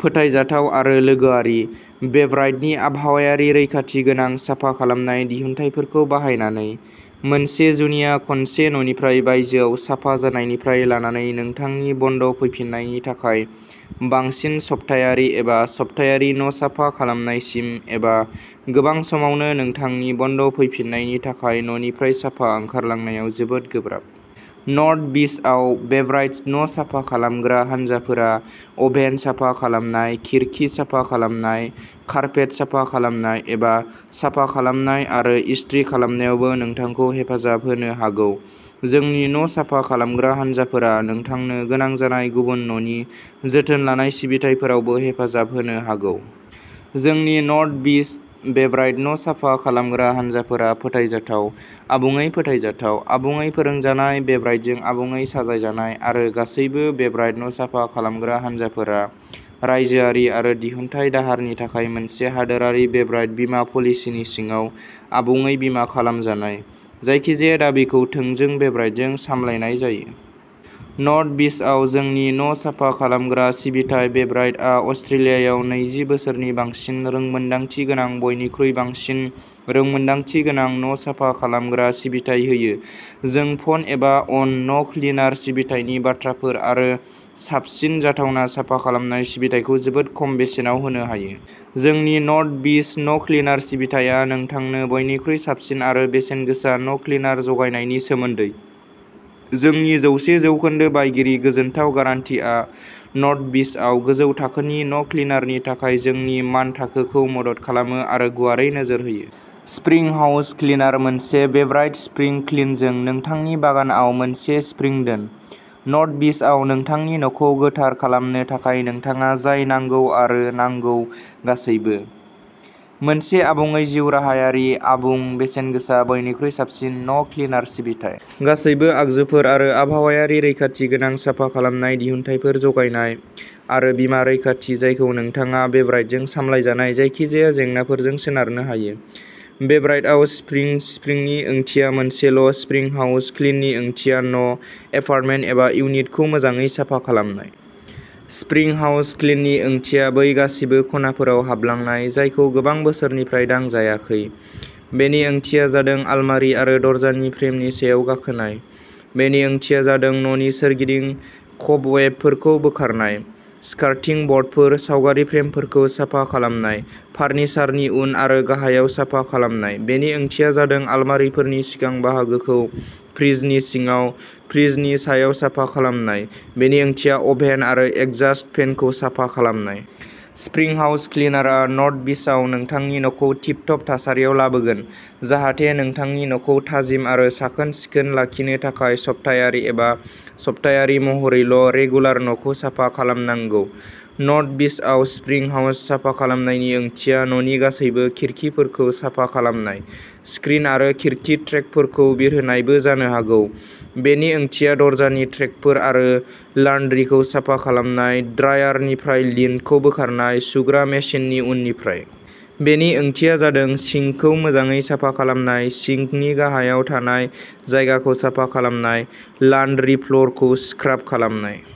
फोथायजाथाव आरो लोगोआरि, बेब्राइटनि आबहावायारि रैखाथि गोनां साफा खालामनाय दिहुनथायफोरखौ बाहायनानै। मोनसे जुनिया खनसे न'निफ्राय बायजोआव साफा जानायनिफ्राय लानानै नोंथांनि बन्ड फैफिन्नायनि थाखाय बांसिन सप्तायारि एबा सफ्थायारि न'साफा खालामनायसिम, एबा गोबां समावनो नोंथांनि बन्ड फैफिन्नायनि थाखाय न'निफ्राय साफा ओंखारलांनायाव जोबोद गोब्राब। नर्थ बीचआव बेब्राइट न'साफा खालामग्रा हानजाफोरा अभेन साफा खालामनाय, खिरखि साफा खालामनाय, कारपेट साफा खालामनाय, एबा साफा खालामनाय आरो इस्त्रि खालामनायावबो नोंथांखौ हेफाजाब होनो हागौ। जोंनि न'साफा खालामग्रा हानजाफोरा नोंथांनो गोनां जानाय गुबुन न'नि जोथोन लानाय सिबिथाइफोरावबो हेफाजाब होनो हागौ। जोंनि नर्थ बीच बेब्राइट न'साफा खालामग्रा हानजाफोरा फोथायजाथाव, आबुङै फोथायजाथाव, आबुङै फोरोंजानाय, बेब्राइटजों आबुङै साजायजानाय, आरो गासैबो बेब्राइट न'साफा खालामग्रा हानजाफोरा रायजोआरि आरो दिहुनथाय दाहारनि थाखाय मोनसे हादोरारि बेब्राइट बीमा पलिसिनि सिङाव आबुङै बीमा खालामजानाय, जायखिजाया दाबिखौ थोंजों बेब्राइटजों सामलायनाय जायो। नर्थ बीचआव जोंनि न'साफा खालामग्रा सिबिथाइ बेब्राइटआ अस्ट्रेलियायाव नैजि बोसोरनि बांसिन रोंमोनदांथि गोनां बयनिख्रुइ बांसिन रोंमोनदांथि गोनां न'साफा खालामग्रा सिबिथाइ होयो। जों फन एबा अन न'क्लिनार सिबिथायनि बाथ्राफोर आरो साबसिन जाथावना साफा खालामनाय सिबिथायखौ जोबोद खम बेसेनाव होनो हायो। जोंनि नर्थ बीच न'क्लिनार सिबिथाया नोंथांनो बयनिख्रुइ साबसिन आरो बेसेनगोसा न'क्लिनार जगायनायनि सोमोन्दै। जोंनि जौसे जौखोन्दो बायगिरि गोजोनथाव गारान्टिआ नर्थ बीचआव गोजौ थाखोनि न'क्लिनारनि थाखाय जोंनि मानथाखोखौ मदद खालामो आरो गुवारै नोजोर होयो। स्प्रिं हाउस क्लिनार मोनसे बेब्राइट स्प्रिं क्लिनजों नोंथांनि बागानआव मोनसे स्प्रिं दोन। नर्थ बीचआव नोंथांनि न'खौ गोथार खालामनो थाखाय नोंथाङा जाय नांगौ आरो नांगौ गासैबो। मोनसे आबुङै जिउराहायारि, आबुं, बेसेनगोसा, बयनिख्रुइ साबसिन न'क्लिनार सिबिथाइ। गासैबो आगजुफोर आरो आबहावायारि रैखाथि गोनां साफा खालामनाय दिहुनथायफोर जगायनाय, आरो बिमा रैखाथि जायखौ नोंथाङा बेब्राइटजों सामलायजानाय जायखिजाया जेंनाफोरजों सोनारनो हायो। बेब्राइटआव, स्प्रिं स्प्रिंनि ओंथिया मोनसेल'- स्प्रिं हाउस क्लिननि ओंथिया न', एपार्टमेन्ट एबा इउनिटखौ मोजाङै साफा खालामनाय। स्प्रिं हाउस क्लिननि ओंथिया बै गासिबो खनाफोराव हाबलांनाय जायखौ गोबां बोसोरनिफ्राय दांजायाखै। बेनि ओंथिया जादों आलमारि आरो दरजानि फ्रेमनि सायाव गाखोनाय; बेनि ओंथिया जादों न'नि सोरगिदिं क'बवेबफोरखौ बोखारनाय, स्कार्टिं ब'र्डफोर, सावगारि फ्रेमफोरखौ साफा खालामनाय, फारनिसारनि उन आरो गाहायाव साफा खालामनाय, बेनि ओंथिया जादों आलमारिफोरनि सिगां बाहागोखौ, फ्रिजनि सिङाव, फ्रिजनि सायाव साफा खालामनाय; बेनि ओंथिया अभेन आरो एग्जास्ट फेनखौ साफा खालामनाय। स्प्रिं हाउस क्लिनारआ नर्थ बीचआव नोंथांनि न'खौ टिप टप थासारियाव लाबोगोन जाहाथे नोंथांनि न'खौ थाजिम आरो साखोन-सिखोन लाखिनो थाखाय सप्तायारि एबा सप्तायारि महरैल' रेगुलार न'खौ साफा खालामनांगौ। नर्थ बीचआव स्प्रिं हाउस साफा खालामनायनि ओंथिया न'नि गासैबो खिरखिफोरखौ साफा खालामनाय, स्क्रिन आरो खिरखि ट्रेकफोरखौ बिरहोनायबो जानो हागौ, बेनि ओंथिया दरजानि ट्रेकफोर आरो लान्ड्रिखौ साफा खालामनाय-ड्रायारनिफ्राय लिन्टखौ बोखारनाय, सुग्रा मेसिननि उननिफ्राय। बेनि ओंथिया जादों सिंकखौ मोजाङै साफा खालामनाय, सिंकनि गाहायाव थानाय जायगाखौ साफा खालामनाय, लान्ड्रि फ्ल'रखौ स्क्राब खालामनाय।